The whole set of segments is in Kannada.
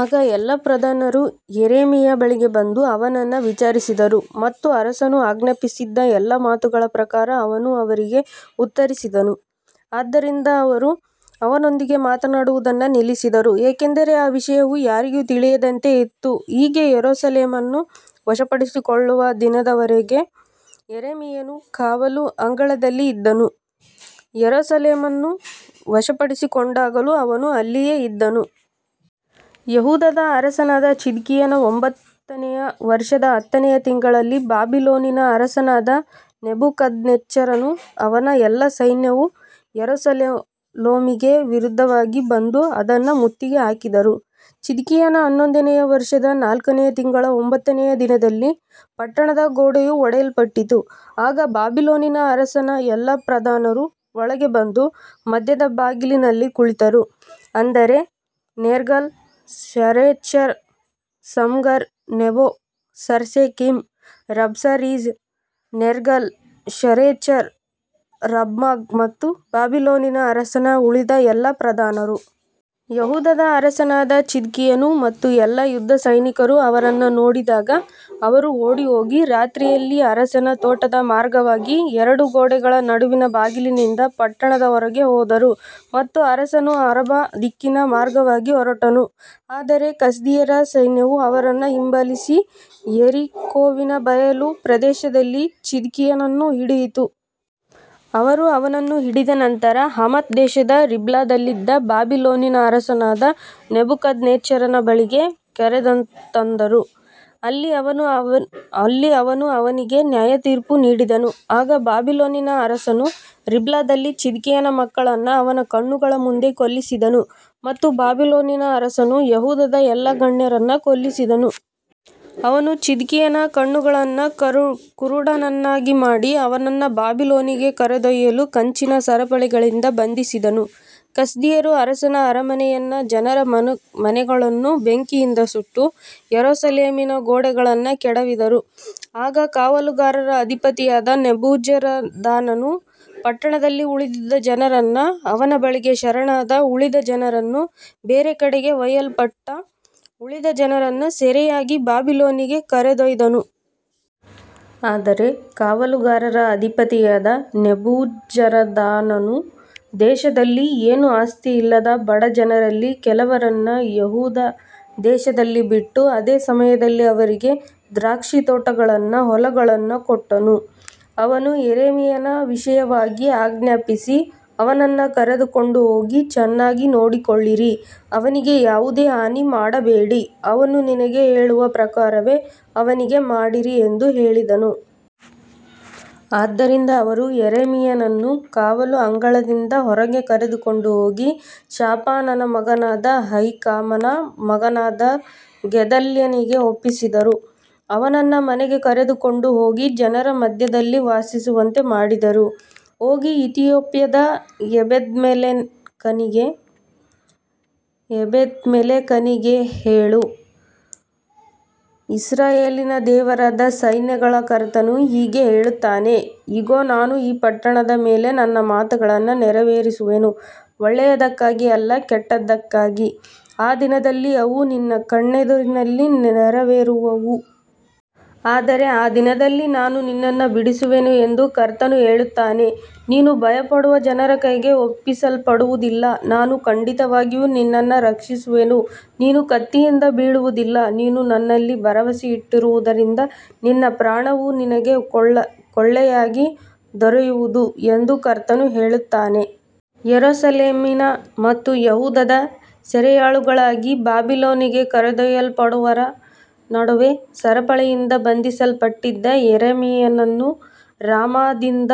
ಆಗ ಎಲ್ಲಾ ಪ್ರಧಾನರು ಯೆರೆಮೀಯನ ಬಳಿಗೆ ಬಂದು ಅವನನ್ನು ವಿಚಾರಿಸಿದರು, ಮತ್ತು ಅರಸನು ಆಜ್ಞಾಪಿಸಿದ್ದ ಎಲ್ಲಾ ಮಾತುಗಳ ಪ್ರಕಾರ ಅವನು ಅವರಿಗೆ ಉತ್ತರಿಸಿದನು. ಆದ್ದರಿಂದ ಅವರು ಅವನೊಂದಿಗೆ ಮಾತನಾಡುವುದನ್ನು ನಿಲ್ಲಿಸಿದರು, ಏಕೆಂದರೆ ಆ ವಿಷಯವು ಯಾರಿಗೂ ತಿಳಿಯದಂತೆ ಇತ್ತು. ಹೀಗೆ ಯೆರೂಸಲೇಮನ್ನು ವಶಪಡಿಸಿಕೊಳ್ಳುವ ದಿನದವರೆಗೆ ಯೆರೆಮೀಯನು ಕಾವಲು ಅಂಗಳದಲ್ಲಿ ಇದ್ದನು, ಯೆರೂಸಲೇಮನ್ನು ವಶಪಡಿಸಿಕೊಂಡಾಗಲೂ ಅವನು ಅಲ್ಲಿಯೇ ಇದ್ದನು. ಯೆಹೂದದ ಅರಸನಾದ ಚಿದ್ಕೀಯನ ಒಂಬತ್ತನೆಯ ವರ್ಷದ ಹತ್ತನೆಯ ತಿಂಗಳಲ್ಲಿ ಬಾಬಿಲೋನಿನ ಅರಸನಾದ ನೆಬೂಕದ್ನೆಚ್ಚರನೂ ಅವನ ಎಲ್ಲಾ ಸೈನ್ಯವೂ ಯೆರೂಸಲೇಮಿಗೆ ವಿರುದ್ಧವಾಗಿ ಬಂದು ಅದನ್ನು ಮುತ್ತಿಗೆ ಹಾಕಿದರು. ಚಿದ್ಕೀಯನ ಹನ್ನೊಂದನೆಯ ವರ್ಷದ ನಾಲ್ಕನೆಯ ತಿಂಗಳ ಒಂಬತ್ತನೆಯ ದಿನದಲ್ಲಿ ಪಟ್ಟಣದ ಗೋಡೆಯು ಒಡೆಯಲ್ಪಟ್ಟಿತು. ಆಗ ಬಾಬಿಲೋನಿನ ಅರಸನ ಎಲ್ಲಾ ಪ್ರಧಾನರು ಒಳಗೆ ಬಂದು ಮಧ್ಯದ ಬಾಗಿಲಿನಲ್ಲಿ ಕುಳಿತರು, ಅಂದರೆ Nergal Sharezer, Samgar Nebo, Sarsechim, Rabsaris, Nergal Sharezer, Rabmag ಮತ್ತು ಬಾಬಿಲೋನಿನ ಅರಸನ ಉಳಿದ ಎಲ್ಲಾ ಪ್ರಧಾನರು. ಯೆಹೂದದ ಅರಸನಾದ ಚಿದ್ಕೀಯನು ಮತ್ತು ಎಲ್ಲಾ ಯುದ್ಧಸೈನಿಕರು ಅವರನ್ನು ನೋಡಿದಾಗ ಅವರು ಓಡಿಹೋಗಿ, ರಾತ್ರಿಯಲ್ಲಿ ಅರಸನ ತೋಟದ ಮಾರ್ಗವಾಗಿ, ಎರಡು ಗೋಡೆಗಳ ನಡುವಿನ ಬಾಗಿಲಿನಿಂದ ಪಟ್ಟಣದ ಹೊರಗೆ ಹೋದರು ಮತ್ತು ಅರಸನು ಅರಬಾ ದಿಕ್ಕಿನ ಮಾರ್ಗವಾಗಿ ಹೊರಟನು. ಆದರೆ ಕಸ್ದೀಯರ ಸೈನ್ಯವು ಅವರನ್ನು ಹಿಂಬಾಲಿಸಿ, ಯೆರಿಕೋವಿನ ಬಯಲು ಪ್ರದೇಶದಲ್ಲಿ ಚಿದ್ಕೀಯನನ್ನು ಹಿಡಿಯಿತು. ಅವರು ಅವನನ್ನು ಹಿಡಿದ ನಂತರ ಹಮಾತ್ ದೇಶದ ರಿಬ್ಲಾದಲ್ಲಿದ್ದ ಬಾಬಿಲೋನಿನ ಅರಸನಾದ ನೆಬೂಕದ್ನೆಚ್ಚರನ ಬಳಿಗೆ ಕರೆತಂದರು, ಅಲ್ಲಿ ಅವನು ಅವನಿಗೆ ನ್ಯಾಯತೀರ್ಪು ನೀಡಿದನು. ಆಗ ಬಾಬಿಲೋನಿನ ಅರಸನು ರಿಬ್ಲಾದಲ್ಲಿ ಚಿದ್ಕೀಯನ ಮಕ್ಕಳನ್ನು ಅವನ ಕಣ್ಣುಗಳ ಮುಂದೆ ಕೊಲ್ಲಿಸಿದನು ಮತ್ತು ಬಾಬಿಲೋನಿನ ಅರಸನು ಯೆಹೂದದ ಎಲ್ಲಾ ಗಣ್ಯರನ್ನೂ ಕೊಲ್ಲಿಸಿದನು. ಅವನು ಚಿದ್ಕೀಯನ ಕಣ್ಣುಗಳನ್ನು ಕುರುಡನನ್ನಾಗಿ ಮಾಡಿ, ಅವನನ್ನು ಬಾಬಿಲೋನಿಗೆ ಕರೆದೊಯ್ಯಲು ಕಂಚಿನ ಸರಪಳಿಗಳಿಂದ ಬಂಧಿಸಿದನು. ಕಸ್ದೀಯರು ಅರಸನ ಅರಮನೆಯನ್ನೂ ಜನರ ಮನೆಗಳನ್ನೂ ಬೆಂಕಿಯಿಂದ ಸುಟ್ಟು, ಯೆರೂಸಲೇಮಿನ ಗೋಡೆಗಳನ್ನು ಕೆಡವಿದರು. ಆಗ ಕಾವಲುಗಾರರ ಅಧಿಪತಿಯಾದ ನೆಬೂಜರದಾನನು ಪಟ್ಟಣದಲ್ಲಿ ಉಳಿದಿದ್ದ ಜನರನ್ನೂ, ಅವನ ಬಳಿಗೆ ಶರಣಾದ ಉಳಿದ ಜನರನ್ನೂ, ಬೇರೆ ಕಡೆಗೆ ಒಯ್ಯಲ್ಪಟ್ಟ ಉಳಿದ ಜನರನ್ನೂ ಸೆರೆಯಾಗಿ ಬಾಬಿಲೋನಿಗೆ ಕರೆದೊಯ್ದನು. ಆದರೆ ಕಾವಲುಗಾರರ ಅಧಿಪತಿಯಾದ ನೆಬೂಜರದಾನನು ದೇಶದಲ್ಲಿ ಏನೂ ಆಸ್ತಿಯಿಲ್ಲದ ಬಡ ಜನರಲ್ಲಿ ಕೆಲವರನ್ನು ಯೆಹೂದ ದೇಶದಲ್ಲಿ ಬಿಟ್ಟು, ಅದೇ ಸಮಯದಲ್ಲಿ ಅವರಿಗೆ ದ್ರಾಕ್ಷಿತೋಟಗಳನ್ನೂ ಹೊಲಗಳನ್ನೂ ಕೊಟ್ಟನು. ಅವನು ಯೆರೆಮೀಯನ ವಿಷಯವಾಗಿ ಆಜ್ಞಾಪಿಸಿ, ಅವನನ್ನು ಕರೆದುಕೊಂಡು ಹೋಗಿ ಚೆನ್ನಾಗಿ ನೋಡಿಕೊಳ್ಳಿರಿ, ಅವನಿಗೆ ಯಾವುದೇ ಹಾನಿ ಮಾಡಬೇಡಿ, ಅವನು ನಿನಗೆ ಹೇಳುವ ಪ್ರಕಾರವೇ ಅವನಿಗೆ ಮಾಡಿರಿ ಎಂದು ಹೇಳಿದನು. ಆದ್ದರಿಂದ ಅವರು ಯೆರೆಮೀಯನನ್ನು ಕಾವಲು ಅಂಗಳದಿಂದ ಹೊರಗೆ ಕರೆದುಕೊಂಡು ಹೋಗಿ, ಶಾಫಾನನ ಮಗನಾದ ಅಹೀಕಾಮನ ಮಗನಾದ ಗೆದಲ್ಯನಿಗೆ ಒಪ್ಪಿಸಿದರು, ಅವನನ್ನು ಮನೆಗೆ ಕರೆದುಕೊಂಡು ಹೋಗಿ ಜನರ ಮಧ್ಯದಲ್ಲಿ ವಾಸಿಸುವಂತೆ ಮಾಡಿದರು. ಹೋಗಿ ಇಥಿಯೋಪ್ಯದ ಎಬೆದ್ಮೆಲೆಕನಿಗೆ ಹೇಳು, ಇಸ್ರಾಯೇಲಿನ ದೇವರಾದ ಸೈನ್ಯಗಳ ಕರ್ತನು ಹೀಗೆ ಹೇಳುತ್ತಾನೆ, ಇಗೋ, ನಾನು ಈ ಪಟ್ಟಣದ ಮೇಲೆ ನನ್ನ ಮಾತುಗಳನ್ನು ನೆರವೇರಿಸುವೆನು, ಒಳ್ಳೆಯದಕ್ಕಾಗಿ ಅಲ್ಲ, ಕೆಟ್ಟದ್ದಕ್ಕಾಗಿ, ಆ ದಿನದಲ್ಲಿ ಅವು ನಿನ್ನ ಕಣ್ಣೆದುರಿನಲ್ಲಿ ನೆರವೇರುವವು. ಆದರೆ ಆ ದಿನದಲ್ಲಿ ನಾನು ನಿನ್ನನ್ನು ಬಿಡಿಸುವೆನು ಎಂದು ಕರ್ತನು ಹೇಳುತ್ತಾನೆ, ನೀನು ಭಯಪಡುವ ಜನರ ಕೈಗೆ ಒಪ್ಪಿಸಲ್ಪಡುವುದಿಲ್ಲ. ನಾನು ಖಂಡಿತವಾಗಿಯೂ ನಿನ್ನನ್ನು ರಕ್ಷಿಸುವೆನು, ನೀನು ಕತ್ತಿಯಿಂದ ಬೀಳುವುದಿಲ್ಲ, ನೀನು ನನ್ನಲ್ಲಿ ಭರವಸೆ ಇಟ್ಟಿರುವುದರಿಂದ ನಿನ್ನ ಪ್ರಾಣವು ನಿನಗೆ ಕೊಳ್ಳೆಯಾಗಿ ದೊರೆಯುವುದು ಎಂದು ಕರ್ತನು ಹೇಳುತ್ತಾನೆ. ಯೆರೂಸಲೇಮಿನ ಮತ್ತು ಯೆಹೂದದ ಸೆರೆಯಾಳುಗಳಾಗಿ ಬಾಬಿಲೋನಿಗೆ ಕರೆದೊಯ್ಯಲ್ಪಟ್ಟವರ ನಡುವೆ ಸರಪಳಿಗಳಿಂದ ಬಂಧಿಸಲ್ಪಟ್ಟಿದ್ದ ಯೆರೆಮೀಯನನ್ನು ರಾಮಾದಿಂದ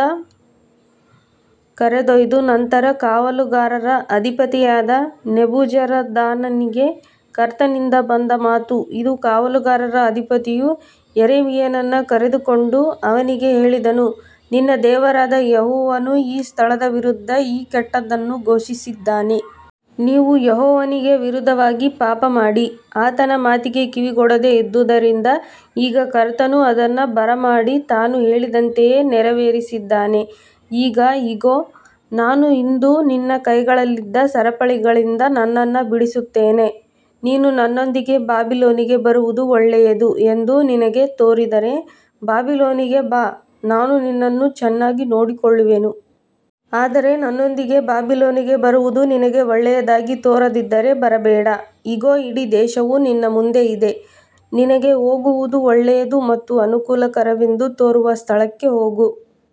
ಕರೆದೊಯ್ದ ನಂತರ, ಕಾವಲುಗಾರರ ಅಧಿಪತಿಯಾದ ನೆಬೂಜರದಾನನಿಗೆ ಕರ್ತನಿಂದ ಬಂದ ಮಾತು ಇದು. ಕಾವಲುಗಾರರ ಅಧಿಪತಿಯು ಯೆರೆಮೀಯನನ್ನು ಕರೆದು ಅವನಿಗೆ ಹೇಳಿದನು, ನಿನ್ನ ದೇವರಾದ ಯೆಹೋವನು ಈ ಸ್ಥಳದ ವಿರುದ್ಧ ಈ ಕೆಟ್ಟದ್ದನ್ನು ಘೋಷಿಸಿದ್ದಾನೆ. ನೀವು ಯೆಹೋವನಿಗೆ ವಿರುದ್ಧವಾಗಿ ಪಾಪಮಾಡಿ, ಆತನ ಮಾತಿಗೆ ಕಿವಿಗೊಡದೆ ಇದ್ದುದರಿಂದ, ಈಗ ಕರ್ತನು ಅದನ್ನು ಬರಮಾಡಿ, ತಾನು ಹೇಳಿದಂತೆಯೇ ನೆರವೇರಿಸಿದ್ದಾನೆ. ಈಗ ಇಗೋ, ನಾನು ಇಂದು ನಿನ್ನ ಕೈಗಳಲ್ಲಿದ್ದ ಸರಪಳಿಗಳಿಂದ ನಿನ್ನನ್ನು ಬಿಡಿಸುತ್ತೇನೆ. ನೀನು ನನ್ನೊಂದಿಗೆ ಬಾಬಿಲೋನಿಗೆ ಬರುವುದು ಒಳ್ಳೆಯದು ಎಂದು ನಿನಗೆ ತೋರಿದರೆ, ಬಾಬಿಲೋನಿಗೆ ಬಾ, ನಾನು ನಿನ್ನನ್ನು ಚೆನ್ನಾಗಿ ನೋಡಿಕೊಳ್ಳುವೆನು. ಆದರೆ ನನ್ನೊಂದಿಗೆ ಬಾಬಿಲೋನಿಗೆ ಬರುವುದು ನಿನಗೆ ಒಳ್ಳೆಯದಾಗಿ ತೋರದಿದ್ದರೆ, ಬರಬೇಡ. ಇಗೋ, ಇಡೀ ದೇಶವು ನಿನ್ನ ಮುಂದೆ ಇದೆ, ನಿನಗೆ ಹೋಗುವುದು ಒಳ್ಳೆಯದು ಮತ್ತು ಅನುಕೂಲಕರವೆಂದು ತೋರುವ ಸ್ಥಳಕ್ಕೆ ಹೋಗು.